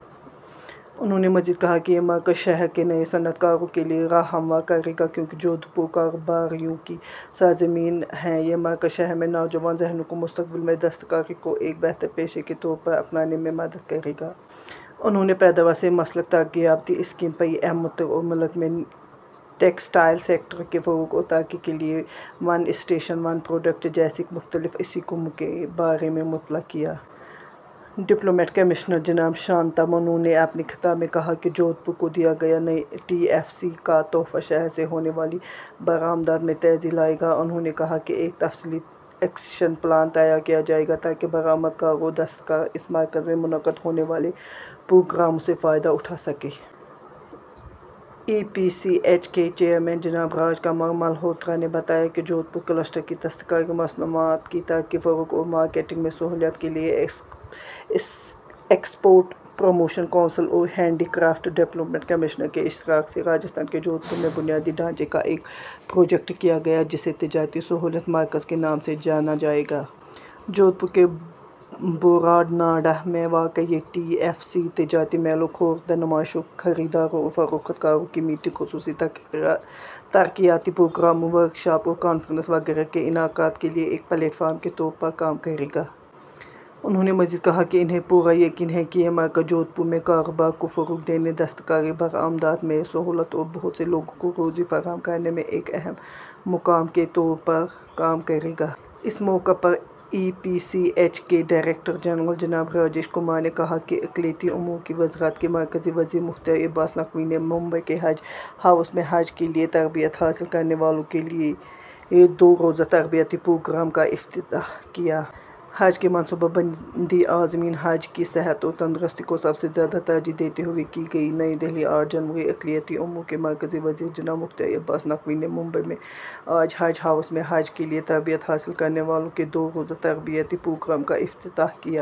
انہوں نے مزید کہا کہ یہ مرکز شہر کے نئے صنعت کاروں کے لیے راہ ہموار کرے گا کیونکہ جودھپور کاروباریوں کی سرزمین ہے۔ یہ مرکز شہر میں نوجوان ذہنوں کو مستقبل میں دستکاری کو ایک بہتر پیشے کے طور پر اپنانے میں مدد کرے گا۔ انہوں نے پیداوار سے منسلک ترغیباتی اسکیم، پی ایم متر اور ملک میں ٹیکسٹائل سیکٹر کے فروغ اور ترقی کے لیے ون اسٹیشن ون پروڈکٹ جیسی مختلف اسکیموں کے بارے میں مطلع کیا۔ ڈیولپمنٹ کمشنر جناب شانتا منو نے اپنے خطاب میں کہا کہ جودھپور کو دیا گیا ٹی ایف سی کا تحفہ شہر سے ہونے والی برآمدات میں تیزی لائے گا۔ انہوں نے کہا کہ ایک تفصیلی ایکشن پلان تیار کیا جائے گا تاکہ برآمد کار اور دستکار اس مرکز میں منعقد ہونے والے پروگراموں سے فائدہ اٹھا سکیں۔ ای پی سی ایچ کے چیئرمین جناب راج کمار ملہوترا نے بتایا کہ جودھپور کلسٹر کی دستکاری کی مصنوعات کی ترقی، فروغ اور مارکیٹنگ میں سہولت کے لیے ایکسپورٹ پروموشن کونسل اور ہینڈی کرافٹ ڈیولپمنٹ کمشنر کے اشتراک سے راجستھان کے جودھپور میں بنیادی ڈھانچے کا ایک پروجیکٹ کیا گیا، جسے تجارتی سہولت مرکز کے نام سے جانا جائے گا۔ جودھپور کے بوراناڈہ میں واقع یہ ٹی ایف سی تجارتی میلوں، خوردہ نمائشوں، خریداروں اور فروخت کاروں کی میٹنگ، خصوصی ترقیاتی پروگراموں، ورکشاپ اور کانفرنس وغیرہ کے انعقاد کے لیے ایک پلیٹ فارم کے طور پر کام کرے گا۔ انہوں نے مزید کہا کہ انہیں پورا یقین ہے کہ یہ مرکز جودھپور میں کاروبار کو فروغ دینے، دستکاری کی برآمدات میں سہولت اور بہت سے لوگوں کو روزی فراہم کرنے میں ایک اہم مقام کے طور پر کام کرے گا۔ اس موقع پر ای پی سی ایچ کے ڈائریکٹر جنرل جناب راجیش کمار نے کہا کہ اقلیتی امور کی وزارت کے مرکزی وزیر مختار عباس نقوی نے ممبئی کے حج ہاؤس میں حج کے لیے تربیت حاصل کرنے والوں کے لیے دو روزہ تربیتی پروگرام کا افتتاح کیا۔ ’’حج کی منصوبہ بندی عازمین حج کی صحت اور تندرستی کو سب سے زیادہ ترجیح دیتے ہوئے کی گئی۔‘‘ نئی دہلی، آٹھ جنوری، اقلیتی امور کے مرکزی وزیر جناب مختار عباس نقوی نے ممبئی میں آج حج ہاؤس میں حج کے لیے تربیت حاصل کرنے والوں کے دو روزہ تربیتی پروگرام کا افتتاح کیا۔